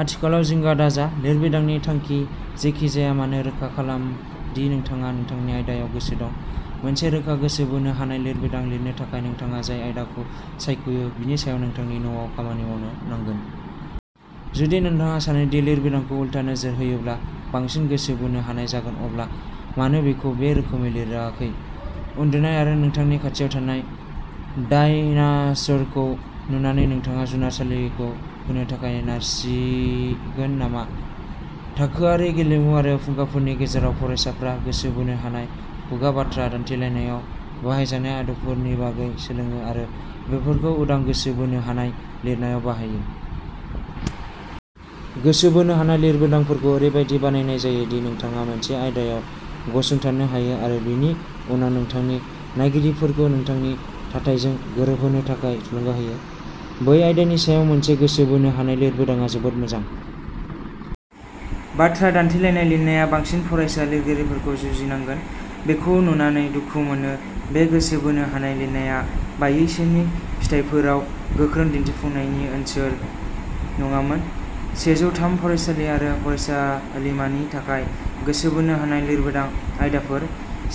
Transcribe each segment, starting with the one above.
आथिखालाव जिंगा दाजा। लिरबिदांनि थांखि जेखि जाया मानो रोखा खालाम दि नोंथाङा नोंथांनि आयदायाव गोसो दं। मोनसे रोखा गोसो बोनो हानाय लिरबिदां लिरनो थाखाय नोंथाङा जाय आयदाखौ सायख'यो बेनि सायाव नोंथांनि न'आव खामानि मावनो नांगोन। जुदि नोंथाङा सानो दि लिरबिदांखौ उलथा नोजोर होयोब्ला बांसिन गोसो बोनो हानाय जागोन अब्ला मानो बेखौ बे रोखोमै लिराखै? उन्दुनाय आरो नोंथांनि खाथियाव थानाय डायनास'रखौ नुनानै नोंथाङा जुनारसालिखौ होनो थाखाय नारसिगोन नामा? थाखोआरि गेलेमु आरो फुंखाफोरनि गेजेरजों फरायसाफ्रा गोसो बोनो हानाय खुगा बाथ्रा दान्थेलायनायाव बाहायजानाय आदबफोरनि बागै सोलोङो आरो बेफोरखौ उदां गोसो बोनो हानाय लिरनायाव बाहायो। गोसो बोनो हानाय लिरबिदांफोरखौ ओरैबायदि बानायनाय जायो दि नोंथाङा मोनसे आयदायाव गसंथानो हायो आरो बेनि उनाव नोंथांनि नायगिरिफोरखौ नोंथांनि थाथायजों गोरोबहोनो थाखाय थुलुंगा होयो। बै आयदानि सायाव मोनसे गोसो बोनो हानाय लिरबिदांआ जोबोद मोजां। बाथ्रा दान्थेलायनाय लिरनाया बांसिन फरायसा लिरगिरिफोरखौ जुजिनांगोन। बेखौ नुनानै दुखु मोनो। बे गोसो बोनो हानाय लिरनाया बायैसोनि फिथायफोराव गोख्रों दिन्थिफुंनायनि ओनसोल नङामोन। सेजौ थाम फरायसालि आरो फरायसालिमानि थाखाय गोसो बोनो हानाय लिरबिदां आयदाफोर,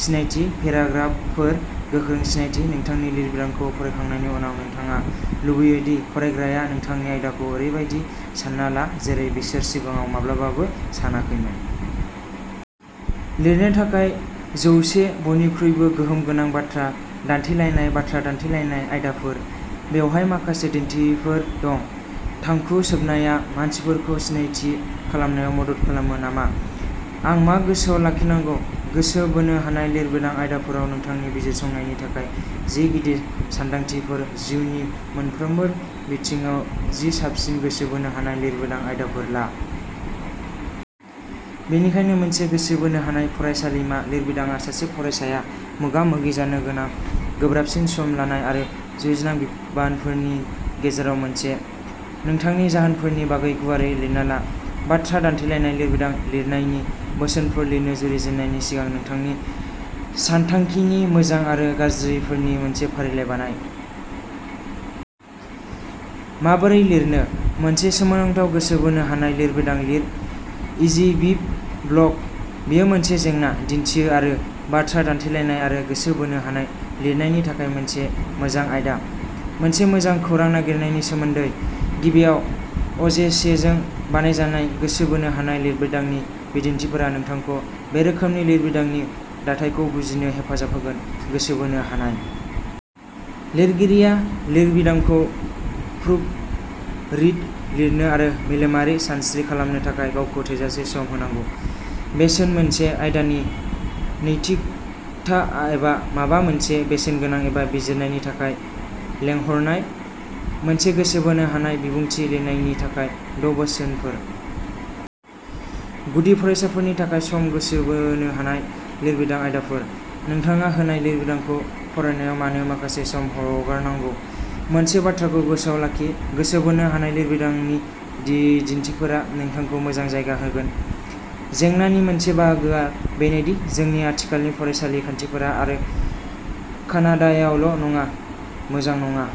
सिनायथि पेराग्राफफोर, गोख्रों सिनायथि नोंथांनि लिरबिदांखौ फरायखांनायनि उनाव नोंथाङा लुबैयो दि फरायग्राया नोंथांनि आयदाखौ ओरैबायदि सानना ला जेरै बिसोर सिगाङाव माब्लाबाबो सानाखैमोन। लिरनो थाखाय जौसे बयनिख्रुइबो गोहोम गोनां बाथ्रा दान्थेलायनाय बाथ्रा दान्थेलायनाय आयदाफोर। बेवहाय माखासे दिन्थिफोर दङ। थांखु सोबनाया मानसिफोरखौ सिनायथि खालामनायाव मदद खालामो नामा? आं मा गोसोआव लाखिनांगौ। गोसो बोनो हानाय लिरबिदां आयदाफोराव नोंथांनि बिजिरसंनायनि थाखाय जि गिदिर सानदांथिफोर जिउनि मोनफ्रोमबो बिथिङाव जि साबसिन गोसो बोनो हानाय लिरबिदां आयदाफोर ला। बेनिखायनो मोनसे गोसो बोनो हानाय फरायसालिमा लिरबिदांआ सासे फरायसाया मोगा-मोगि जानो गोनां गोब्राबसिन सम लानाय आरो जुजिनां बिबानफोरनि गेजेराव मोनसे। नोंथांनि जाहोनफोरनि बागै गुवारै लिरना ला। बाथ्रा दान्थेलायनाय लिरबिदां लिरनायनि बोसोनफोर लिरनो जुरिजेननायनि सिगां नोंथांनि सानथांखिनि मोजां आरो गाज्रिफोरनि मोनसे फारिलाइ बानाय। माबोरै लिरनो? मोनसे सोमोनांथाव गोसो बोनो हानाय लिरबिदां लिर इजिबिब ब्लग। बेयो मोनसे जेंना दिन्थियो आरो बाथ्रा दान्थेलायनाय आरो गोसो बोनो हानाय लिरनायनि थाखाय मोनसे मोजां आयदा। मोनसे मोजां खौरां नागिरनायनि सोमोन्दै? गिबियाव अजेसेजों बानायजानाय गोसो बोनो हानाय लिरबिदांनि बिदिन्थिफोरा नोंथांखौ बे रोखोमनि लिरबिदांनि दाथायखौ बुजिनो हेफाजाब होगोन गोसो बोनो हानाय। लिरगिरिया लिरबिदांखौ प्रुफरिड लिरनो आरो मेलेमारि सानस्रि खालामनो थाखाय गावखौ थोजासे सम होनांगौ। बेसेन मोनसे आयदानि नैतिकता एबा माबा मोनसे बेसेन गोनां एबा बिजिरनायनि थाखाय लेंहरनाय। मोनसे गोसो बोनो हानाय बिबुंथि लिरनायनि थाखाय द’ बोसोनफोर। गुदि फरायसाफोरनि थाखाय सम गोसो बोनो हानाय लिरबिदां आयदाफोर। नोंथाङा होनाय लिरबिदांखौ फरायनायाव मानो माखासे सम हगारनांगौ? मोनसे बाथ्राखौ गोसोआव लाखि गोसो बोनो हानाय लिरबिदांनि बिदिन्थिफोरा नोंथांखौ मोजां जायगा होगोन। जेंनानि मोनसे बाहागोआ बेनोदि जोंनि आथिखालनि फरायसालि खान्थिफोरा आरो कानाडायावल' नङा मोजां नङा।